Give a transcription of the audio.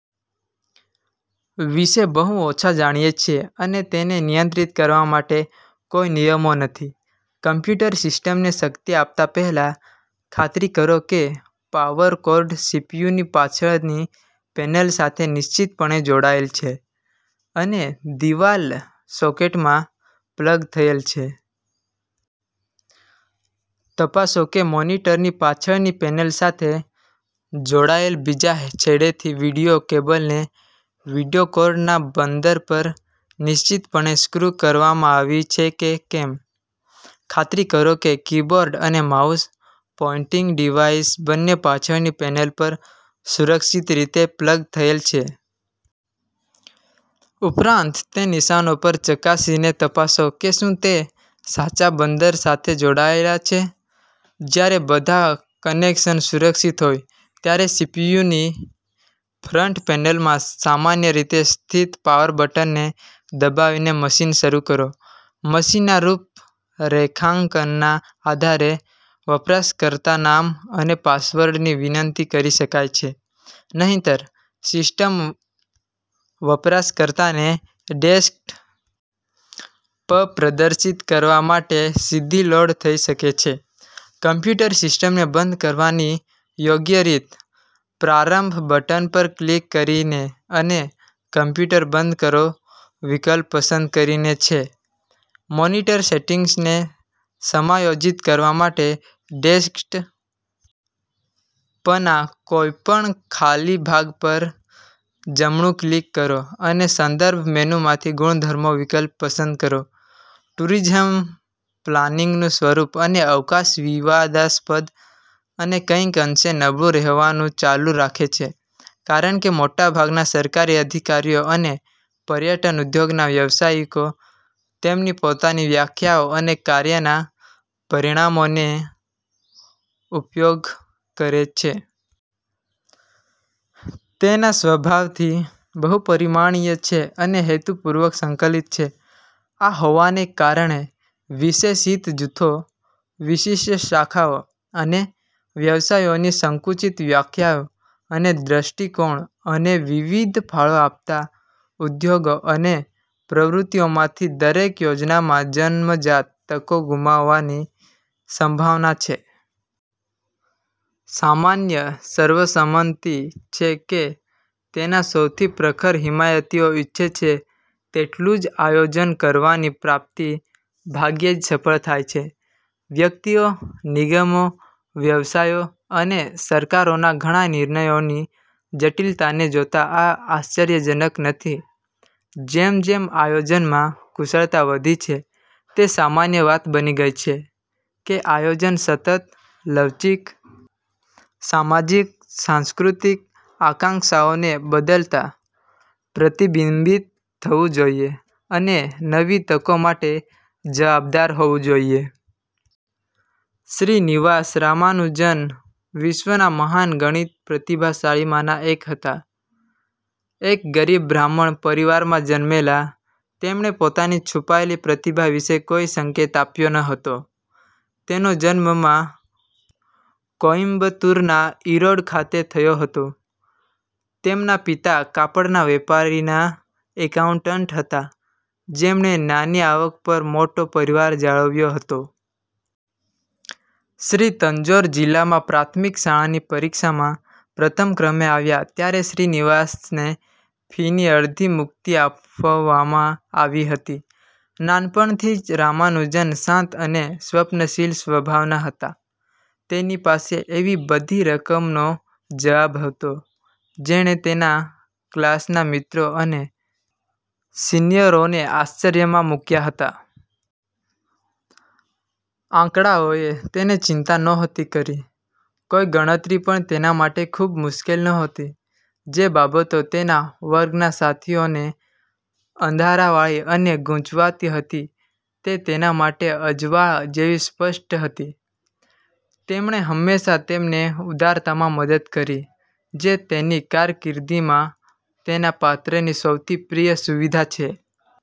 વિષે બહુ ઓછા જાણીએ છીએ, અને તેને નિયંત્રિત કરવા માટે કોઈ નિયમો નથી. કમ્પ્યુટર સિસ્ટમને શક્તિ આપતા પહેલાં, ખાતરી કરો કે પાવર કોર્ડ સીપીયુની પાછળની પેનલ સાથે નિશ્ચિતપણે જોડાયેલ છે અને દિવાલ સોકેટમાં પ્લગ થયેલ છે. તપાસો કે મોનિટરની પાછળની પેનલ સાથે જોડાયેલ બીજા છેડેથી વિડિઓ કેબલને વિડિઓ કોર્ડના બંદર પર નિશ્ચિતપણે સ્ક્રૂ કરવામાં આવી છે કે કેમ. ખાતરી કરો કે કીબોર્ડ અને માઉસ પોઇંટિંગ ડિવાઇસ બંને પાછળની પેનલ પર સુરક્ષિત રીતે પ્લગ થયેલ છે. ઉપરાંત, તે નિશાનો પર ચકાસીને તપાસો કે શું તે સાચા બંદર સાથે જોડાયેલા છે. જ્યારે બધા કનેક્શન્સ સુરક્ષિત હોય, ત્યારે સીપીયુની ફ્રન્ટ પેનલમાં સામાન્ય રીતે સ્થિત પાવર બટનને દબાવીને મશીન શરૂ કરો મશીનના રૂપરેખાંકનના આધારે, વપરાશકર્તાનામ અને પાસવર્ડની વિનંતી કરી શકાય છે; નહિંતર, સિસ્ટમ વપરાશકર્તાને ડેસ્કટ. પ પ્રદર્શિત કરવા માટે સીધી લોડ થઈ શકે છે. કમ્પ્યુટર સિસ્ટમને બંધ કરવાની યોગ્ય રીત 'પ્રારંભ' બટન પર ક્લિક કરીને અને '' કમ્પ્યુટર બંધ કરો 'વિકલ્પ પસંદ કરીને છે. મોનિટર સેટિંગ્સને સમાયોજિત કરવા માટે, ડેસ્કટ. પના કોઈપણ ખાલી ભાગ પર જમણું ક્લિક કરો અને સંદર્ભ મેનૂમાંથી 'ગુણધર્મો' વિકલ્પ પસંદ કરો. ટૂરિઝમ પ્લાનિંગનું સ્વરૂપ અને અવકાશ વિવાદાસ્પદ અને કંઈક અંશે નબળું રહેવાનું ચાલુ રાખે છે, કારણ કે મોટાભાગના સરકારી અધિકારીઓ અને પર્યટન ઉદ્યોગના વ્યવસાયિકો તેમની પોતાની વ્યાખ્યાઓ અને કાર્યના પરિમાણોનો ઉપયોગ કરે છે. તેના સ્વભાવથી બહુપરીમાણીય છે અને હેતુપૂર્વક સંકલિત છે. આ હોવાને કારણે, વિશેષ હિત જૂથો, વિશિષ્ટ શાખાઓ અને વ્યવસાયોની સંકુચિત વ્યાખ્યાઓ અને દ્રષ્ટિકોણ, અને વિવિધ ફાળો આપતા ઉદ્યોગો અને પ્રવૃત્તિઓમાંથી દરેક યોજનામાં જન્મજાત તકો ગુમાવવાની સંભાવના છે. સામાન્ય સર્વસંમતિ છે કે તેના સૌથી પ્રખર હિમાયતીઓ ઇચ્છે છે તેટલું જ આયોજન કરવાની પ્રાપ્તિ ભાગ્યે જ સફળ થાય છે. વ્યક્તિઓ, નિગમો, વ્યવસાયો અને સરકારોના ઘણા નિર્ણયોની જટિલતાને જોતા આ આશ્ચર્યજનક નથી. જેમ જેમ આયોજનમાં કુશળતા વધી છે, તે સામાન્ય વાત બની ગઈ છે કે આયોજન સતત, લવચીક, સામાજિક-સાંસ્કૃતિક આકાંક્ષાઓને બદલતા પ્રતિબિંબિત થવું જોઈએ અને નવી તકો માટે જવાબદાર હોવું જોઈએ. શ્રીનિવાસ રામાનુજન વિશ્વના મહાન ગણિત પ્રતિભાશાળીમાંના એક હતા. એક ગરીબ બ્રાહ્મણ પરિવારમાં જન્મેલા, તેમણે પોતાની છુપાયેલી પ્રતિભા વિશે કોઈ સંકેત આપ્યો ન હતો. તેનો જન્મ માં કોઈમ્બતુરના ઇરોડ ખાતે થયો હતો. તેમના પિતા કાપડના વેપારીના એકાઉન્ટન્ટ હતા જેમણે નાની આવક પર મોટો પરિવાર જાળવ્યો હતો. શ્રી તન્જોર જીલ્લામાં પ્રાથમિક શાળાની પરીક્ષામાં પ્રથમ ક્રમે આવ્યા ત્યારે શ્રીનિવાસને ફીની અડધી મુક્તિ આપવામાં આવી હતી. નાનપણથી જ રામાનુજન શાંત અને સ્વપ્નશીલ સ્વભાવના હતા. તેની પાસે એવી બધી રકમનો જવાબ હતો જેણે તેના ક્લાસના મિત્રો અને સિનિયરોને આશ્ચર્યમાં મુક્યા હતા. આંકડાઓએ તેને ચિંતા નહોતી કરી, કોઈ ગણતરી પણ તેના માટે ખૂબ મુશ્કેલ નહોતી. જે બાબતો તેના વર્ગના સાથીઓને અંધારાવાળી અને ગુંચવાતી હતી તે તેના માટે અજવાળ જેવી સ્પષ્ટ હતી. તેમણે હંમેશાં તેમને ઉદારતામાં મદદ કરી જે તેની કારકીર્દિમાં તેના પાત્રની સૌથી પ્રિય સુવિધા છે.